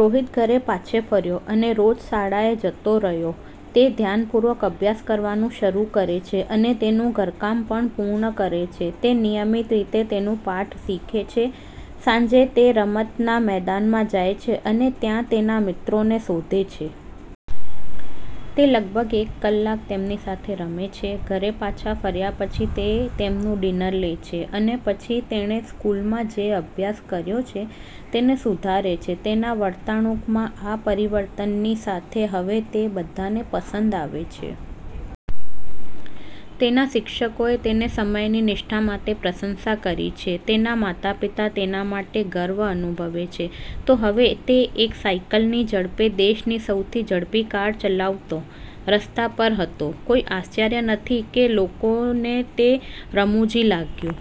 રોહિત ઘરે પાછો ફર્યો અને રોજ શાળાએ જતો રહ્યો. તે ધ્યાનપૂર્વક અભ્યાસ કરવાનું શરૂ કરે છે અને તેનું ઘરકામ પણ પૂર્ણ કરે છે. તે નિયમિત રીતે તેના પાઠ શીખે છે. સાંજે, તે રમતના મેદાનમાં જાય છે અને ત્યાં તેના મિત્રોને શોધે છે. તે લગભગ એક કલાક તેમની સાથે રમે છે. ઘરે પાછા ફર્યા પછી, તે તેમનું ડિનર લે છે અને પછી તેણે સ્કૂલમાં જે અભ્યાસ કર્યો છે તેને સુધારે છે. તેની વર્તણૂકમાં આ પરિવર્તનની સાથે, હવે તે બધાને પસંદ આવે છે. તેના શિક્ષકોએ તેની સમયની નિષ્ઠા માટે પ્રશંસા કરી છે અને તેના માતાપિતા તેના માટે ગર્વ અનુભવે છે. તો હવે, તે એક સાયકલની ઝડપે દેશની સૌથી ઝડપી કાર ચલાવતો, રસ્તા પર હતો! કોઈ આશ્ચર્ય નથી કે લોકોને તે રમુજી લાગ્યું.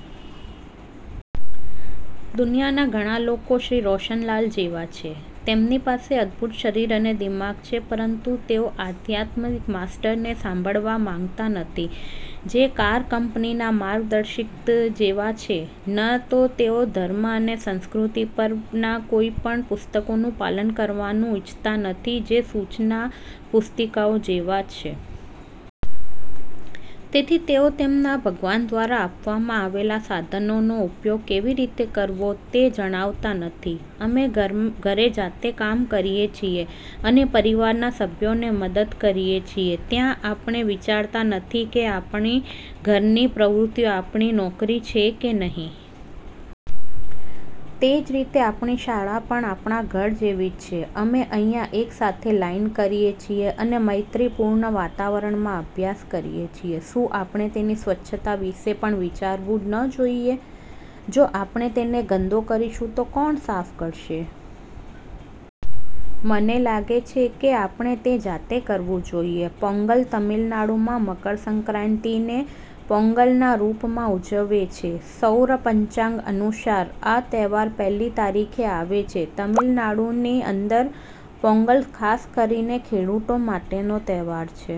દુનિયાના ઘણા લોકો શ્રી રોશનલાલ જેવા છે. તેમની પાસે અદ્ભુત શરીર અને દિમાગ છે પરંતુ તેઓ આધ્યાત્મિક માસ્ટર્સને સાંભળવા માંગતા નથી જે કાર કંપનીમાં માર્ગદર્શિકા જેવા છે. ન તો તેઓ ધર્મ અને સંસ્કૃતિ પરના કોઈપણ પુસ્તકોનું પાલન કરવાનું ઇચ્છતા નથી જે સૂચના પુસ્તિકાઓ જેવા છે. તેથી તેઓ તેમના ભગવાન દ્વારા આપવામાં આવેલા સાધનોનો ઉપયોગ કેવી રીતે કરવો તે જાણતા નથી. અમે ઘરે જાતે કામ કરીએ છીએ અને પરિવારના સભ્યોને મદદ કરીએ છીએ. ત્યાં આપણે વિચારતા નથી કે આપણી ઘરની પ્રવૃત્તિઓ આપણી નોકરી છે કે નહીં. તે જ રીતે, આપણી શાળા પણ આપણા ઘર જેવી છે. અમે અહીં એક સાથે લાઇન કરીએ છીએ અને મૈત્રીપૂર્ણ વાતાવરણમાં અભ્યાસ કરીએ છીએ. શું આપણે તેની સ્વચ્છતા વિશે પણ વિચારવું ન જોઈએ? જો આપણે તેને ગંદા કરીશું, તો કોણ સાફ કરશે? મને લાગે છે કે આપણે તે જાતે કરવું જોઈએ. પોંગલ તમિલનાડુમાં મકરસંક્રાતિને પોંગલના રૂપમાં ઉજવે છે. સૌર પંચાગ અનુસાર આ તહેવાર પહેલી તારીખે આવે છે. તમિલનાડુની અંદર પોંગલ ખાસ કરીને ખેડુતો માટેનો તહેવાર છે.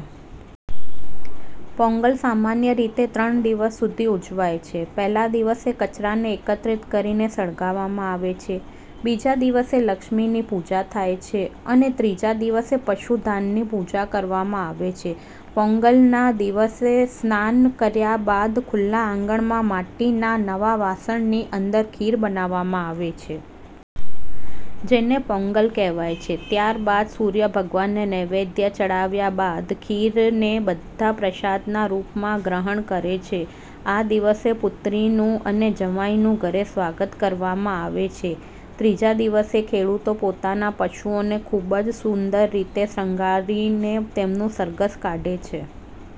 પોંગલ સામાન્ય રીતે ત્રણ દિવસ સુધી ઉજવાય છે. પહેલા દિવસે કચરાને એકત્રિત કરીને સળગાવવામાં આવે છે બીજા દિવસે લક્ષ્મીની પૂજા થાય છે અને ત્રીજા દિવસે પશુ ધનની પૂજા કરવામાં આવે છે. પોંગલના દિવસે સ્નાન કર્યા બાદ ખુલ્લા આંગણમાં માટીના નવા વાસણની અંદર ખીર બનાવવામાં આવે છે. જેને પોંગલ કહેવાય છે. ત્યાર બાદ સૂર્ય ભગવાનને નૈવેધ ચડાવ્યા બાદ ખીરને બધા પ્રસાદનાં રૂપમાં ગ્રહણ કરે છે. આ દિવસે પુત્રીનું અને જમાઈનું ઘરે સ્વાગત કરવામાં આવે છે. ત્રીજા દિવસે ખેડુતો પોતાના પશુઓને ખુબ જ સુંદર રીતે શણગારીને તેમનું સરઘસ કાઢે છે.